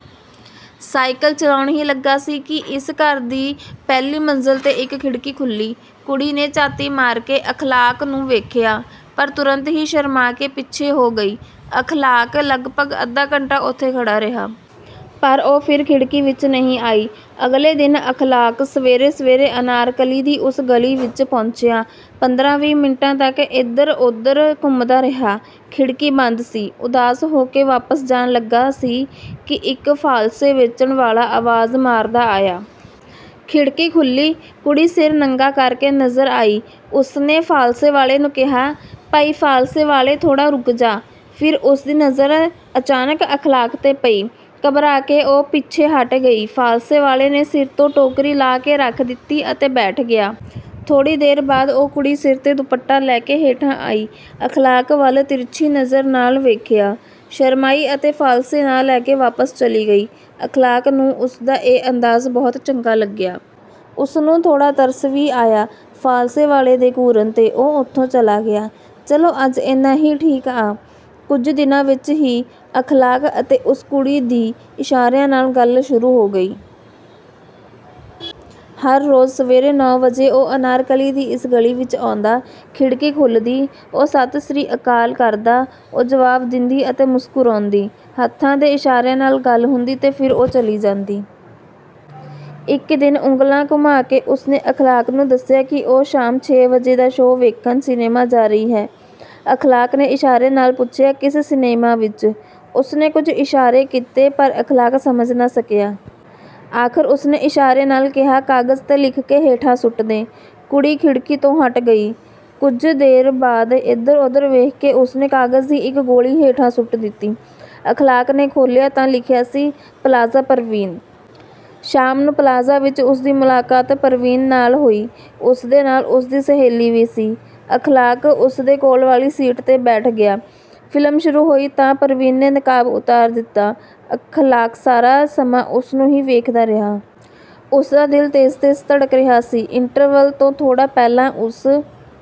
Cycle ਚਲਾਉਣ ਹੀ ਲੱਗਾ ਸੀ ਕਿ ਇਸ ਘਰ ਦੀ ਪਹਿਲੀ ਮੰਜ਼ਿਲ ਤੇ ਇੱਕ ਖਿੜਕੀ ਖੁੱਲ੍ਹੀ। ਕੁੜੀ ਨੇ ਝਾਤੀ ਮਾਰ ਕੇ ਅਖ਼ਲਾਕ ਨੂੰ ਵੇਖਿਆ। ਪਰ ਤੁਰੰਤ ਹੀ ਸ਼ਰਮਾ ਕੇ ਪਿੱਛੇ ਹੋ ਗਈ। ਅਖ਼ਲਾਕ ਲਗਭਗ ਅੱਧਾ ਘੰਟਾ ਉੱਥੇ ਖੜ੍ਹਾ ਰਿਹਾ। ਪਰ ਉਹ ਫਿਰ ਖਿੜਕੀ ਵਿੱਚ ਨਹੀਂ ਆਈ। ਅਗਲੇ ਦਿਨ ਅਖ਼ਲਾਕ ਸਵੇਰੇ-ਸਵੇਰੇ ਅਨਾਰਕਲੀ ਦੀ ਉਸ ਗਲੀ ਵਿੱਚ ਪਹੁੰਚਿਆ। ਪੰਦਰਾਂ-ਵੀਹ ਮਿੰਟ ਤੱਕ ਇੱਧਰ-ਉੱਧਰ ਘੁੰਮਦਾ ਰਿਹਾ। ਖਿੜਕੀ ਬੰਦ ਸੀ। ਉਦਾਸ ਹੋ ਕੇ ਵਾਪਸ ਜਾਣ ਲੱਗਾ ਸੀ ਕਿ ਇੱਕ ਫ਼ਾਲਸੇ ਵੇਚਣ ਵਾਲਾ ਆਵਾਜ਼ ਮਾਰਦਾ ਆਇਆ। ਖਿੜਕੀ ਖੁੱਲ੍ਹੀ, ਕੁੜੀ ਸਿਰ ਨੰਗਾ ਕਰਕੇ ਨਜ਼ਰ ਆਈ। ਉਸਨੇ ਫ਼ਾਲਸੇ ਵਾਲੇ ਨੂੰ ਕਿਹਾ "ਭਾਈ ਫ਼ਾਲਸੇ ਵਾਲੇ, ਥੋੜ੍ਹਾ ਰੁਕ ਜਾ।" ਫਿਰ ਉਸਦੀ ਨਜ਼ਰ ਅਚਾਨਕ ਅਖ਼ਲਾਕ ਤੇ ਪਈ। ਘਬਰਾ ਕੇ ਉਹ ਪਿੱਛੇ ਹਟ ਗਈ। ਫ਼ਾਲਸੇ ਵਾਲੇ ਨੇ ਸਿਰ ਤੋਂ ਟੋਕਰੀ ਲਾਹ ਕੇ ਰੱਖ ਦਿੱਤੀ ਅਤੇ ਬੈਠ ਗਿਆ। ਥੋੜ੍ਹੀ ਦੇਰ ਬਾਅਦ ਉਹ ਕੁੜੀ ਸਿਰ ਤੇ ਦੁਪੱਟਾ ਲੈ ਕੇ ਹੇਠਾਂ ਆਈ। ਅਖ਼ਲਾਕ ਵੱਲ ਤਿਰਛੀ ਨਜ਼ਰ ਨਾਲ ਵੇਖਿਆ। ਸ਼ਰਮਾਈ ਅਤੇ ਫ਼ਾਲਸੇ ਨਾ ਲੈ ਕੇ ਵਾਪਸ ਚਲੀ ਗਈ। ਅਖ਼ਲਾਕ ਨੂੰ ਉਸਦਾ ਇਹ ਅੰਦਾਜ਼ ਬਹੁਤ ਚੰਗਾ ਲੱਗਿਆ। ਉਸਨੂੰ ਥੋੜ੍ਹਾ ਤਰਸ ਵੀ ਆਇਆ। ਫ਼ਾਲਸੇ ਵਾਲੇ ਦੇ ਘੂਰਨ ਤੇ ਉਹ ਉੱਥੋਂ ਚਲਾ ਗਿਆ। "ਚਲੋ ਅੱਜ ਇੰਨਾ ਹੀ ਠੀਕ ਆ।" ਕੁਝ ਦਿਨਾਂ ਵਿੱਚ ਹੀ ਅਖ਼ਲਾਕ ਅਤੇ ਉਸ ਕੁੜੀ ਦੀ ਇਸ਼ਾਰਿਆਂ ਨਾਲ ਗੱਲ ਸ਼ੁਰੂ ਹੋ ਗਈ। ਹਰ ਰੋਜ਼ ਸਵੇਰੇ ਨੌਂ ਵਜੇ ਉਹ ਅਨਾਰਕਲੀ ਦੀ ਇਸ ਗਲੀ ਵਿੱਚ ਆਉਂਦਾ। ਖਿੜਕੀ ਖੁੱਲ੍ਹਦੀ, ਉਹ ਸਤਿ ਸ੍ਰੀ ਅਕਾਲ ਕਰਦਾ, ਉਹ ਜਵਾਬ ਦਿੰਦੀ ਅਤੇ ਮੁਸਕਰਾਉਂਦੀ। ਹੱਥਾਂ ਦੇ ਇਸ਼ਾਰਿਆਂ ਨਾਲ ਗੱਲ ਹੁੰਦੀ ਅਤੇ ਫਿਰ ਉਹ ਚਲੀ ਜਾਂਦੀ। ਇੱਕ ਦਿਨ ਉਂਗਲਾਂ ਘੁਮਾ ਕੇ ਉਸਨੇ ਅਖ਼ਲਾਕ ਨੂੰ ਦੱਸਿਆ ਕਿ ਉਹ ਸ਼ਾਮ ਛੇ ਵਜੇ ਦਾ ਸ਼ੋਅ ਸਿਨੇਮਾ ਵੇਖਣ ਜਾ ਰਹੀ ਹੈ। ਅਖ਼ਲਾਕ ਨੇ ਇਸ਼ਾਰੇ ਨਾਲ ਪੁੱਛਿਆ "ਕਿਸ ਸਿਨੇਮਾ ਵਿੱਚ?" ਉਸਨੇ ਕੁਝ ਇਸ਼ਾਰੇ ਕੀਤੇ ਪਰ ਅਖ਼ਲਾਕ ਸਮਝ ਨਾ ਸਕਿਆ। ਆਖ਼ਰ ਉਸਨੇ ਇਸ਼ਾਰੇ ਨਾਲ ਕਿਹਾ, "ਕਾਗਜ਼ ਤੇ ਲਿਖ ਕੇ ਹੇਠਾਂ ਸੁੱਟ ਦੇ।" ਕੁੜੀ ਖਿੜਕੀ ਤੋਂ ਹਟ ਗਈ। ਕੁਝ ਦੇਰ ਬਾਅਦ ਇੱਧਰ-ਉੱਧਰ ਵੇਖ ਕੇ ਉਸਨੇ ਕਾਗਜ਼ ਦੀ ਇੱਕ ਗੋਲੀ ਹੇਠਾਂ ਸੁੱਟ ਦਿੱਤੀ। ਅਖ਼ਲਾਕ ਨੇ ਖੋਲ੍ਹਿਆ ਤਾਂ ਲਿਖਿਆ ਸੀ "ਪਲਾਜ਼ਾ ਪਰਵੀਨ।" ਸ਼ਾਮ ਨੂੰ ਪਲਾਜ਼ਾ ਵਿੱਚ ਉਸਦੀ ਮੁਲਾਕਾਤ ਪਰਵੀਨ ਨਾਲ ਹੋਈ। ਉਸਦੇ ਨਾਲ ਉਸਦੀ ਸਹੇਲੀ ਵੀ ਸੀ। ਅਖ਼ਲਾਕ ਉਸਦੇ ਕੋਲ ਵਾਲੀ ਸੀਟ ਤੇ ਬੈਠ ਗਿਆ। ਫ਼ਿਲਮ ਸ਼ੁਰੂ ਹੋਈ ਤਾਂ ਪਰਵੀਨ ਨੇ ਨਕਾਬ ਉਤਾਰ ਲਿਆ। ਅਖ਼ਲਾਕ ਸਾਰਾ ਸਮਾਂ ਉਸਨੂੰ ਹੀ ਵੇਖਦਾ ਰਿਹਾ। ਉਸਦਾ ਦਿਲ ਤੇਜ਼-ਤੇਜ਼ ਧੜਕ ਰਿਹਾ ਸੀ। ਇੰਟਰਵਲ ਤੋਂ ਥੋੜ੍ਹਾ ਪਹਿਲਾਂ ਉਸ